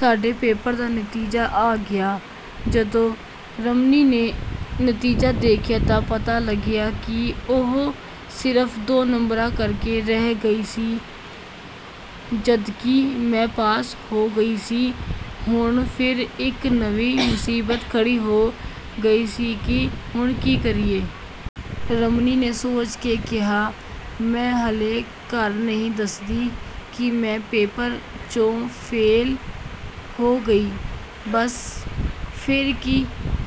ਸਾਡੇ ਪੇਪਰ ਦਾ ਨਤੀਜਾ ਆ ਗਿਆ, ਜਦੋਂ ਰਮਨੀ ਨੇ ਨਤੀਜਾ ਦੇਖਿਆ ਤਾਂ ਪਤਾ ਲੱਗਿਆ ਕਿ ਉਹ ਸਿਰਫ਼ ਦੋ ਨੰਬਰਾਂ ਕਰਕੇ ਰਹਿ ਗਈ ਸੀ, ਜਦਕਿ ਮੈਂ ਪਾਸ ਹੋ ਗਈ ਸੀ। ਹੁਣ ਫਿਰ ਇੱਕ ਨਵੀਂ ਮੁਸੀਬਤ ਖੜੀ ਹੋ ਗਈ ਸੀ ਕਿ ਹੁਣ ਕੀ ਕਰੀਏ? ਰਮਨੀ ਨੇ ਸੋਚ ਕੇ ਕਿਹਾ, ਮੈਂ ਹਾਲੇ ਘਰ ਨਹੀਂ ਦੱਸਦੀ ਕਿ ਮੈਂ ਪੇਪਰ ਚੋਂ ਫੇਲ੍ਹ ਹੋ ਗਈ, ਬਸ ਫੇਰ ਕੀ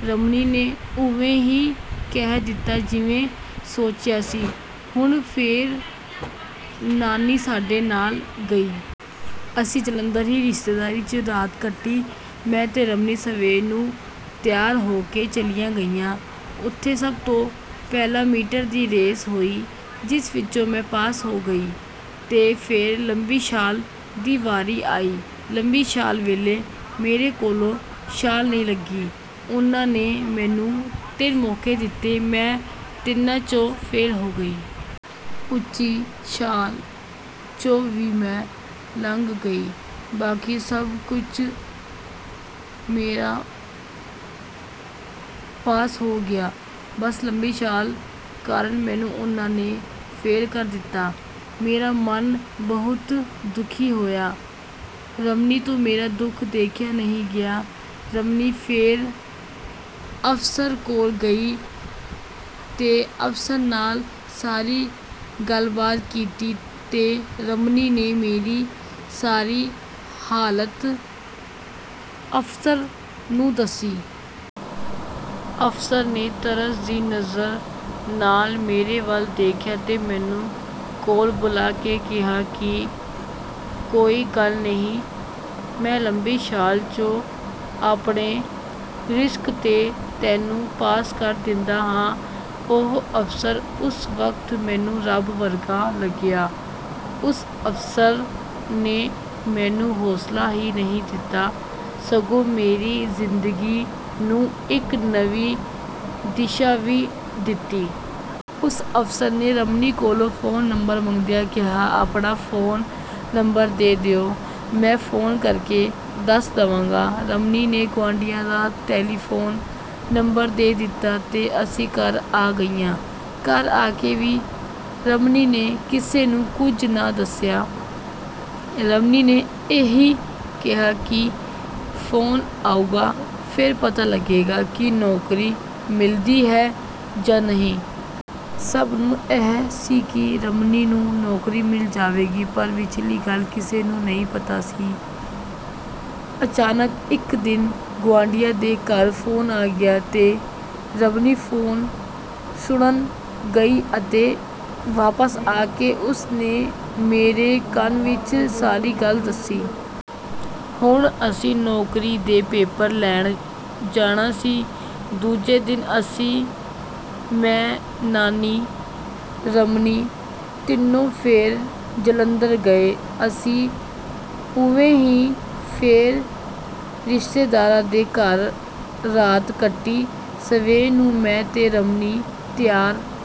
ਰਮਨੀ ਨੇ ਉਵੇਂ ਹੀ ਕਹਿ ਦਿੱਤਾ ਜਿਵੇਂ ਸੋਚਿਆ ਸੀ, ਹੁਣ ਫੇਰ ਨਾਨੀ ਸਾਡੇ ਨਾਲ ਗਈ। ਅਸੀਂ ਜਲੰਧਰ ਹੀ ਰਿਸ਼ਤੇਦਾਰੀ 'ਚ ਰਾਤ ਕੱਟੀ, ਮੈਂ ਤੇ ਰਮਨੀ ਸਵੇਰ ਨੂੰ ਤਿਆਰ ਹੋ ਕੇ ਚਲੀਆਂ ਗਈਆਂ, ਉੱਥੇ ਸਭ ਤੋਂ ਪਹਿਲਾਂ ਮੀਟਰ ਦੀ ਰੇਸ ਹੋਈ, ਜਿਸ ਵਿੱਚੋਂ ਮੈਂ ਪਾਸ ਹੋ ਗਈ। ਤੇ ਫੇਰ ਲੰਬੀ ਛਾਲ ਦੀ ਵਾਰੀ ਆਈ, ਲੰਬੀ ਛਾਲ ਵੇਲੇ ਮੇਰੇ ਕੋਲੋਂ ਛਾਲ ਨਹੀਂ ਲੱਗੀ, ਉਹਨਾਂ ਨੇ ਮੈਨੂੰ ਤਿੰਨ ਮੌਕੇ ਦਿੱਤੇ ਮੈਂ ਤਿੰਨਾਂ ਚੋਂ ਫੇਲ੍ਹ ਹੋ ਗਈ। ਉੱਚੀ ਛਾਲ ਚੋਂ ਵੀ ਮੈਂ ਲੰਘ ਗਈ, ਬਾਕੀ ਸਭ ਕੁਝ ਮੇਰਾ ਪਾਸ ਹੋ ਗਿਆ, ਬਸ ਲੰਬੀ ਛਾਲ ਕਾਰਨ ਮੈਨੂੰ ਉਹਨਾਂ ਨੇ ਫੇਲ ਕਰ ਦਿੱਤਾ। ਮੇਰਾ ਮਨ ਬਹੁਤ ਦੁੱਖੀ ਹੋਇਆ, ਰਮਨੀ ਤੋਂ ਮੇਰਾ ਦੁੱਖ ਦੇਖਿਆ ਨਹੀਂ ਗਿਆ, ਰਮਨੀ ਫੇਰ ਅਫਸਰ ਕੋਲ ਗਈ ਤੇ ਅਫਸਰ ਨਾਲ ਸਾਰੀ ਗੱਲਬਾਤ ਕੀਤੀ ਤੇ ਰਮਨੀ ਨੇ ਮੇਰੀ ਸਾਰੀ ਹਾਲਤ ਅਫਸਰ ਨੂੰ ਦੱਸੀ। ਅਫਸਰ ਨੇ ਤਰਸ ਦੀ ਨਜ਼ਰ ਨਾਲ ਮੇਰੇ ਵੱਲ ਦੇਖਿਆ ਤੇ ਮੈਨੂੰ ਕੋਲ ਬੁਲਾ ਕੇ ਕਿਹਾ ਕਿ ਕੋਈ ਗੱਲ ਨਹੀਂ ਮੈਂ ਲੰਬੀ ਛਾਲ ਚੋਂ ਆਪਣੇ ਰਿਸਕ ਤੇ ਤੈਨੂੰ ਪਾਸ ਕਰ ਦਿੰਦਾ ਹਾਂ, ਉਹ ਅਫਸਰ ਉਸ ਵਕਤ ਮੈਨੂੰ ਰੱਬ ਵਰਗਾ ਲੱਗਿਆ, ਉਸ ਅਫਸਰ ਨੇ ਮੈਨੂੰ ਹੌਸਲਾ ਹੀ ਨਹੀਂ ਦਿੱਤਾ, ਸਗੋਂ ਮੇਰੀ ਜ਼ਿੰਦਗੀ ਨੂੰ ਇੱਕ ਨਵੀਂ ਦਿਸ਼ਾ ਵੀ ਦਿੱਤੀ। ਉਸ ਅਫਸਰ ਨੇ ਰਮਨੀ ਕੋਲੋਂ ਫੋਨ ਨੰਬਰ ਮੰਗਦਿਆਂ ਕਿਹਾ ਆਪਣਾ ਫੋਨ ਨੰਬਰ ਦੇ ਦਿਓ ਮੈਂ ਫੋਨ ਕਰਕੇ ਦੱਸ ਦਵਾਂਗਾ। ਰਮਨੀ ਨੇ ਗੁਆਂਢੀਆਂ ਦਾ ਟੈਲੀਫੋਨ ਨੰਬਰ ਦੇ ਦਿੱਤਾ, ਤੇ ਅਸੀਂ ਘਰ ਆ ਗਈਆਂ। ਘਰ ਆ ਕੇ ਵੀ ਰਮਨੀ ਨੇ ਕਿਸੇ ਨੂੰ ਕੁਝ ਨਾ ਦੱਸਿਆ, ਰਮਨੀ ਨੇ ਇਹੀ ਕਿਹਾ ਕਿ ਫੋਨ ਆਉਗਾ ਫਿਰ ਪਤਾ ਲੱਗੇਗਾ ਕਿ ਨੌਕਰੀ ਮਿਲਦੀ ਹੈ ਜਾਂ ਨਹੀਂ। ਸਭ ਨੂੰ ਇਹ ਸੀ ਕਿ ਰਮਨੀ ਨੂੰ ਨੌਕਰੀ ਮਿਲ ਜਾਵੇਗੀ ਪਰ ਵਿਚਲੀ ਗੱਲ ਕਿਸੇ ਨੂੰ ਨਹੀਂ ਪਤਾ ਸੀ, ਅਚਾਨਕ ਇੱਕ ਦਿਨ ਗੁਆਂਢੀਆਂ ਦੇ ਘਰ ਫੋਨ ਆ ਗਿਆ, ਤੇ ਰਮਨੀ ਫੋਨ ਸੁਣਨ ਗਈ ਅਤੇ ਵਾਪਸ ਆ ਕੇ ਉਸ ਨੇ ਮੇਰੇ ਕੰਨ ਵਿੱਚ ਸਾਰੀ ਗੱਲ ਦੱਸੀ। ਹੁਣ ਅਸੀਂ ਨੌਕਰੀ ਦੇ ਪੇਪਰ ਲੈਣ ਜਾਣਾ ਸੀ, ਦੂਜੇ ਦਿਨ ਅਸੀਂ ਮੈਂ, ਨਾਨੀ, ਰਮਨੀ ਤਿੰਨੋਂ ਫੇਰ ਜਲੰਧਰ ਗਏ, ਅਸੀਂ ਉਵੇਂ ਹੀ ਫੇਰ ਰਿਸ਼ਤੇਦਾਰਾਂ ਦੇ ਘਰ ਰਾਤ ਕੱਟੀ, ਸਵੇਰ ਨੂੰ ਮੈਂ ਤੇ ਰਮਨੀ ਤਿਆਰ